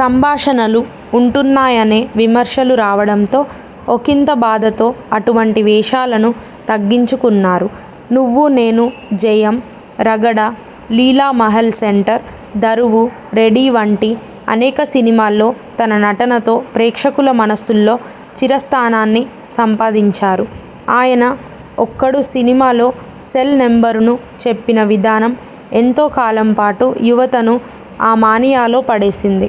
సంభాషణలు ఉంటున్నాయనే విమర్శలు రావడంతో ఒకింత బాధతో అటువంటి వేషాలను తగ్గించుకున్నారు. నువ్వునేను, జయం, రగడ, లీలామహల్ సెంటర్, దరువు, రెడీ వంటి అనేక సినిమాల్లో తన నటనతో ప్రేక్షకుల మనసుల్లో చిరస్థానాన్ని సంపాదించారు. ఆయన 'ఒక్కడు' సినిమాలో సెల్ నెంబరును చెప్పిన విధానం ఎంతో కాలంపాటు యువతను ఆ మానియాలో పడేసింది.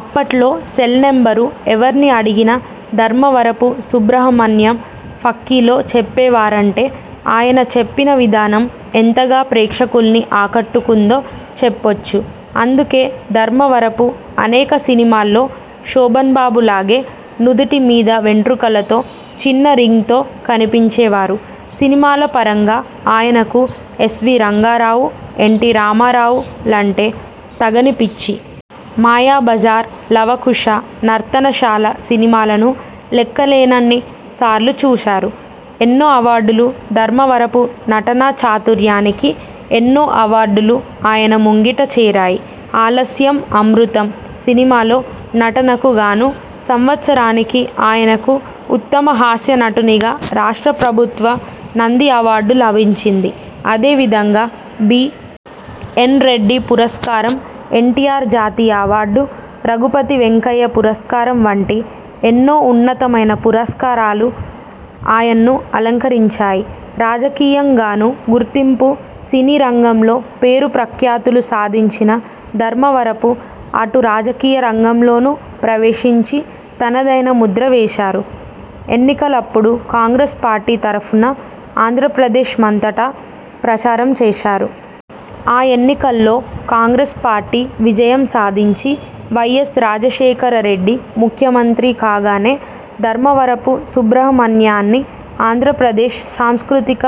అప్పట్లో సెల్నెంబరు ఎవర్ని అడిగినా ధర్మవరపు సుబ్రహ్మణ్యం ఫక్కీలో చెప్పేవారంటే ఆయన చెప్పిన విధానం ఎంతగా ప్రేక్షకుల్ని ఆకట్టుకుందో చెప్పొచ్చు. అందుకే ధర్మవరపు అనేక సినిమాల్లో శోభన్బాబులాగే నుదిటి మీద వెంట్రుకలతో చిన్న రింగ్తో కనిపించేవారు. సినిమాల పరంగా ఆయనకు ఎస్. వి. రంగారావు, ఎన్టీ రామారా వులంటే తగని పిచ్చి. మాయాబజార్, లవకుశ, నర్తనశాల సినిమాలను లెక్కలేనన్ని సార్లు చూశారు. ఎన్నో అవార్డులు ధర్మవరపు నటనా చాతుర్యానికి ఎన్నో అవార్డులు ఆయన ముంగిట చేరాయి. 'ఆలస్యం అమృతం' సినిమాలో నటనకు గాను సంవత్సరానికి ఆయనకు ఉత్తమ హాస్య నటునిగా రాష్ట్ర ప్రభుత్వ నంది అవార్డు లభించింది. అదే విధంగా బి. ఎన్. రెడ్డి పురస్కారం, ఎన్టీఆర్ జాతీయ అవార్డు, రఘుపతి వెంకయ్య పురస్కారం వంటి ఎన్నోఉన్నతమైన పురస్కారాలు ఆయన్ను అలంకరించాయి. రాజకీయం గానూ గుర్తింపు సినీ రంగంలో పేరు ప్రఖ్యాతులు సాధించిన ధర్మవరపు అటు రాజకీయ రంగం లోనూ ప్రవేశించి తనదైన ముద్ర వేశారు. ఎన్నికలప్పుడు కాంగ్రెస్ పార్టీ తరఫున ఆంధ్రదేశ మంతటా ప్రచారం చేశారు. ఆ ఎన్నికల్లో కాంగ్రెస్ పార్టీ విజయం సాధించి వై. యస్. రాజశేఖర రెడ్డి ముఖ్యమంత్రి కాగానే ధర్మవరపు సుబ్రహ్మణ్యాన్ని ఆంధ్ర ప్రదేశ్ సాంస్కృతిక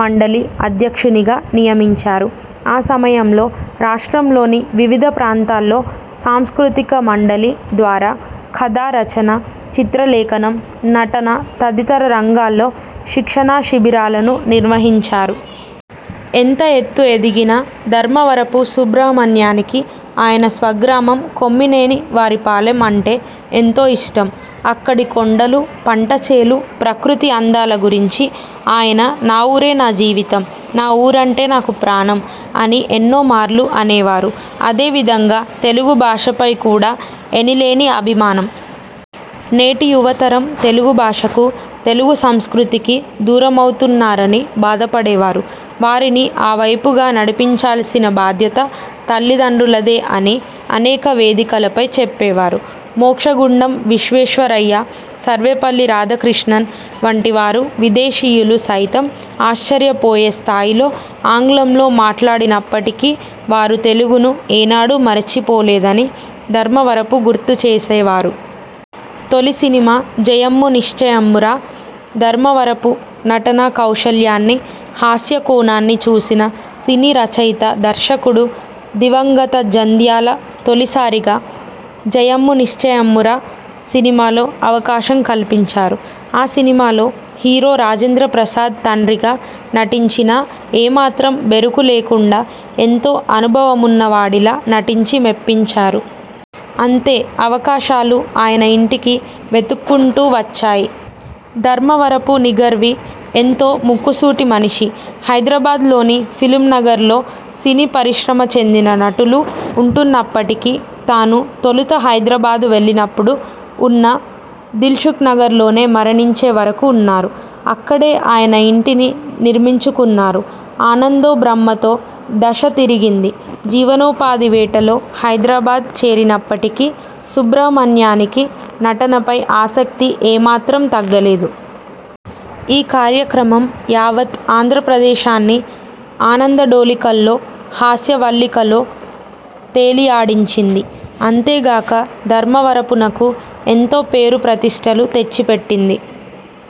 మండలి అధ్యక్షునిగా నియమించారు. ఆ సమయంలో రాష్ట్రం లోని వివిధ ప్రాంతాల్లో సాంస్కృతిక మండలి ద్వారా కథా రచన, చిత్రలేఖనం, నటన తదితర రంగాల్లో శిక్షణా శిబిరాలను నిర్వహించారు. ఎంత ఎత్తు ఎదిగినా ధర్మవరపు సుబ్రహ్మణ్యానికి ఆయన స్వగ్రామం కొమ్మినేని వారి పాలెం అంటే ఎంతో ఇష్టం. అక్కడి కొండలు, పంటచేలు ప్రకృతి అందాల గురించి ఆయన 'నా ఊరే నా జీవితం. నా ఊరంటే నాకు ప్రాణం' అని ఎన్నోమార్లు అనేవారు. అదే విధంగా తెలుగు భాషపై కూడా ఎనిలేని అభిమానం. నేటి యువతరం తెలుగు భాషకు, తెలుగు సంస్కృతికి దూరమవుతున్నారని బాధపడేవారు. వారిని ఆవైపు గా నడిపించాల్సిన బాధ్యత తల్లి దండ్రులదే అని అనేక వేది కలపై చెప్పేవారు. మోక్షగుండం విశ్వే శ్వరయ్య, సర్వేపల్లి రాధాకృష్ణన్ వంటి వారు విదేశీయులు సైతం ఆశ్చర్యపోయే స్థాయిలో ఆంగ్లంలో మాట్లాడినప్పటికీ వారు తెలుగును ఏనాడూ మరిచి పోలేదని ధర్మవరపు గుర్తుచేసేవారు. తొలి సినిమా జయమ్ము నిశ్చయమ్మురా ధర్మవరపు నటనా కౌశల్యాన్ని, హాస్యకోణాన్ని చూసిన సినీ రచయిత, దర్శకుడు దివంగత జంధ్యాల తొలిసారిగా 'జయమ్ము నిశ్చయమ్మురా' సినిమాలో అవకాశం కల్పించారు. ఆ సినిమాలో హీరో రాజేంద్రప్రసాద్ తండ్రిగా నటించినా ఏమాత్రం బెరుకు లేకుండా ఎంతో అనుభవమున్న వాడిలా నటించి మెప్పించారు. అంతే అవకాశాలు ఆయన ఇంటికి వెతుక్కుంటూ వచ్చాయి. ధర్మవరపు నిగర్వి ఎంతో ముక్కుసూటి మనిషి. హైదరాబాదు లోని ఫిల్మ్నగర్లో సినీ పరిశ్రమ చెందిన నటులు ఉంటున్నప్పటికీ తాను తొలుత హైదరాబాదు వెళ్లినపుడు ఉన్న దిల్షుక్నగర్లోనే మరణించే వరకు ఉన్నారు. అక్కడే ఆయన ఇంటిని నిర్మించుకున్నారు. ఆనందో బ్రహ్మతో దశ తిరిగింది జీవనోపాధి వేటలో హైదరాబాదు చేరినప్పటికి సుబ్రహ్మణ్యానికి నటనపై ఆసక్తి ఏ మాత్రం తగ్గలేదు. ఈ కార్యక్రమం యావత్ ఆంధ్రదేశాన్ని ఆనందడోలికల్లో, హాస్యవల్లికలో తేలియాడించింది. అంతేగాక ధర్మవరపునకు ఎంతో పేరు ప్రతిష్ఠలు తెచ్చిపెట్టింది.